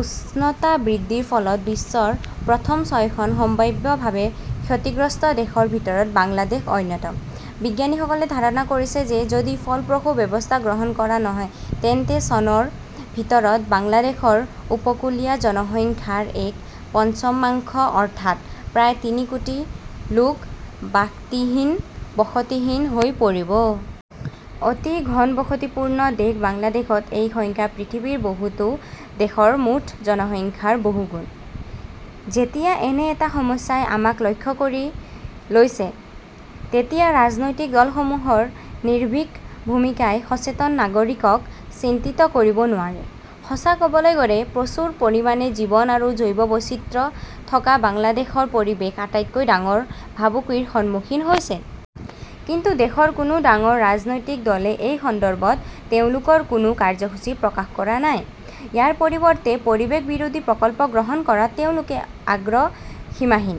উষ্ণতা বৃদ্ধিৰ ফলত বিশ্বৰ প্ৰথম ছয়খন সম্ভাৱ্যভাৱে ক্ষতিগ্ৰস্ত দেশৰ ভিতৰত বাংলাদেশ অন্যতম। বিজ্ঞানীসকলে ধাৰণা কৰিছে যে যদি ফলপ্ৰসূ ব্যৱস্থা গ্ৰহণ কৰা নহয় তেন্তে চনৰ ভিতৰত বাংলাদেশৰ উপকূলীয় জনসংখ্যাৰ এক পঞ্চমাংশ, অৰ্থাৎ প্ৰায় তিনি কোটি লোক বসতিহীন হৈ পৰিব। অতি ঘনবসতিপূৰ্ণ দেশ বাংলাদেশত এই সংখ্যা পৃথিৱীৰ বহুতো দেশৰ মুঠ জনসংখ্যাৰ বহুগুণ। যেতিয়া এনে এটা সমস্যাই আমাক লক্ষ্য কৰি লৈছে, তেতিয়া ৰাজনৈতিক দলসমূহৰ নিৰ্ভীক ভূমিকাই সচেতন নাগৰিকক চিন্তিত কৰিব নোৱাৰে। সঁচা কবলৈ গ'লে, প্ৰচুৰ পৰিমাণে জীৱন আৰু জৈৱ বৈচিত্ৰ্যথকা বাংলাদেশৰ পৰিৱেশ আটাইতকৈ ডাঙৰ ভাবুকিৰ সন্মুখীন হৈছে। কিন্তু দেশৰ কোনো ডাঙৰ ৰাজনৈতিক দলে এই সন্দৰ্ভত তেওঁলোকৰ কোনো কাৰ্যসূচী প্ৰকাশ কৰা নাই। ইয়াৰ পৰিৱৰ্তে পৰিৱেশ বিৰোধী প্ৰকল্প গ্ৰহণ কৰাত তেওঁলোকৰ আগ্ৰহ সীমাহীন।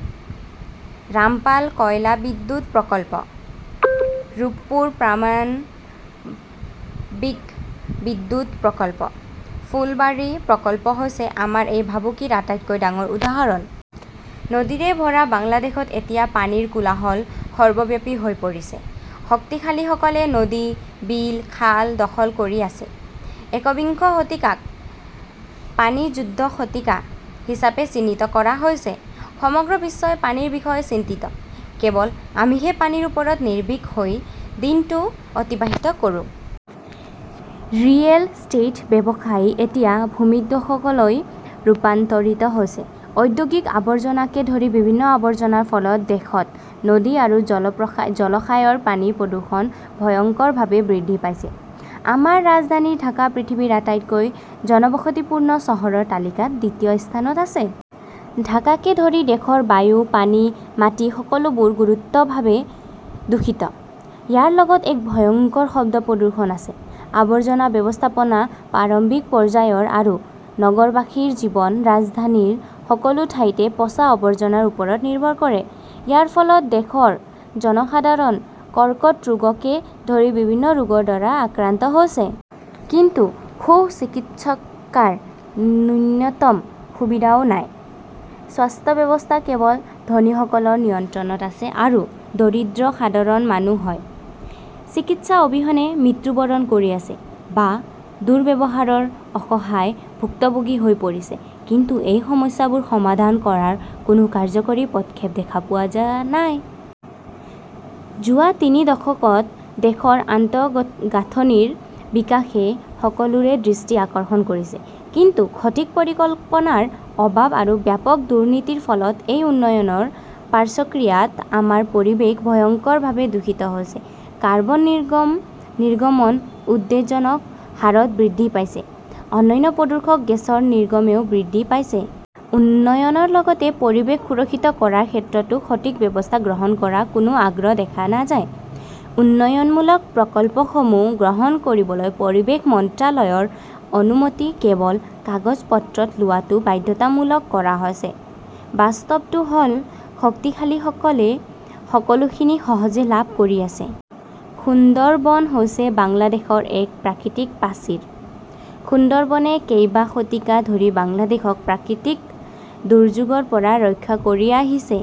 ৰামপাল কয়লা বিদ্যুৎ প্ৰকল্প, ৰূপপুৰ পাৰমাণৱিক বিদ্যুৎ প্ৰকল্প, ফুলবাৰী প্ৰকল্প হৈছে আমাৰ এই ভাবুকিৰ আটাইতকৈ ডাঙৰ উদাহৰণ। নদীৰে ভৰা বাংলাদেশত এতিয়া পানীৰ কোলাহল সৰ্বব্যাপী হৈ পৰিছে। শক্তিশালীসকলে নদী, বিল, খাল দখল কৰি আছে। একবিংশ শতিকাক পানী যুদ্ধৰ শতিকা হিচাপে চিহ্নিত কৰা হৈছে। সমগ্ৰ বিশ্বই পানীৰ বিষয়ে চিন্তিত। কেৱল আমিহে পানীৰ ওপৰত নিৰ্ভীক হৈ দিনটো অতিবাহিত কৰোঁ! ৰিয়েল ইষ্টেট ব্যৱসায় এতিয়া ভূমিধ্বসলৈ ৰূপান্তৰিত হৈছে। ঔদ্যোগিক আৱৰ্জনাকে ধৰি বিভিন্ন আৱৰ্জনাৰ ফলত দেশত নদী আৰু জলাশয়ৰ পানীৰ প্ৰদূষণ ভয়ংকৰভাৱে বৃদ্ধি পাইছে। আমাৰ ৰাজধানী ঢাকা পৃথিৱীৰ আটাইতকৈ জনবসতিপূৰ্ণ চহৰৰ তালিকাত দ্বিতীয় স্থানত আছে। ঢাকাকে ধৰি দেশৰ বায়ু, পানী, মাটি-সকলোবোৰ গুৰুতৰভাৱে দূষিত। ইয়াৰ লগত এক ভয়ংকৰ শব্দ প্ৰদূষণ আছে। আৱৰ্জনা ব্যৱস্থাপনা প্ৰাৰম্ভিক পৰ্যায়ৰ আৰু নগৰবাসীৰ জীৱন ৰাজধানীৰ সকলো ঠাইতে পচা আৱৰ্জনাৰ ওপৰত নিৰ্ভৰ কৰে। ইয়াৰ ফলত দেশৰ জনসাধাৰণ কৰ্কট ৰোগকে ধৰি বিভিন্ন ৰোগৰ দ্বাৰা আক্ৰান্ত হৈছে। কিন্তু সু-চিকিৎসাৰ ন্যূনতম সুবিধাও নাই। স্বাস্থ্য ব্যৱস্থা কেৱল ধনীসকলৰ নিয়ন্ত্ৰণত আছে আৰু দৰিদ্ৰ সাধাৰণ মানুহ হয় চিকিৎসা অবিহনে মৃত্যুবৰণ কৰি আছে, বা দুৰ্ব্যৱহাৰৰ অসহায় ভুক্তভোগী হৈ পৰিছে। কিন্তু এই সমস্যাবোৰ সমাধান কৰাৰ কোনো কাৰ্যকৰী পদক্ষেপ দেখা পোৱা নাযায়। যোৱা তিনি দশকত দেশৰ আন্তঃগাঁথনিৰ বিকাশে সকলোৰে দৃষ্টি আকৰ্ষণ কৰিছে। কিন্তু সঠিক পৰিকল্পনাৰ অভাৱ আৰু ব্যাপক দুৰ্নীতিৰ ফলত এই উন্নয়নৰ পাৰ্শ্বক্ৰিয়াত আমাৰ পৰিৱেশ ভয়ংকৰভাৱে দূষিত হৈছে। কাৰ্বন নিৰ্গমন উদ্বেগজনক হাৰত বৃদ্ধি পাইছে। অন্যান্য প্ৰদূষক গেছৰ নিৰ্গমনও বৃদ্ধি পাইছে। উন্নয়নৰ লগতে পৰিৱেশ সুৰক্ষিত কৰাৰ ক্ষেত্ৰতো সঠিক ব্যৱস্থা গ্ৰহণ কৰাৰ কোনো আগ্ৰহ দেখা নাযায়। উন্নয়নমূলক প্ৰকল্পসমূহ গ্ৰহণ কৰিবলৈ পৰিৱেশ মন্ত্ৰালয়ৰ অনুমতি কেৱল কাগজ-পত্ৰত লোৱাটো বাধ্যতামূলক কৰা হৈছে। বাস্তৱটো হ 'ল, শক্তিশালীসকলে সকলোখিনি সহজে লাভ কৰি আছে। সুন্দৰবন হৈছে বাংলাদেশৰ এক প্ৰাকৃতিক প্ৰাচীৰ। সুন্দৰবনে কেইবা শতিকা ধৰি বাংলাদেশক প্ৰাকৃতিক দুৰ্যোগৰ পৰা ৰক্ষা কৰি আহিছে।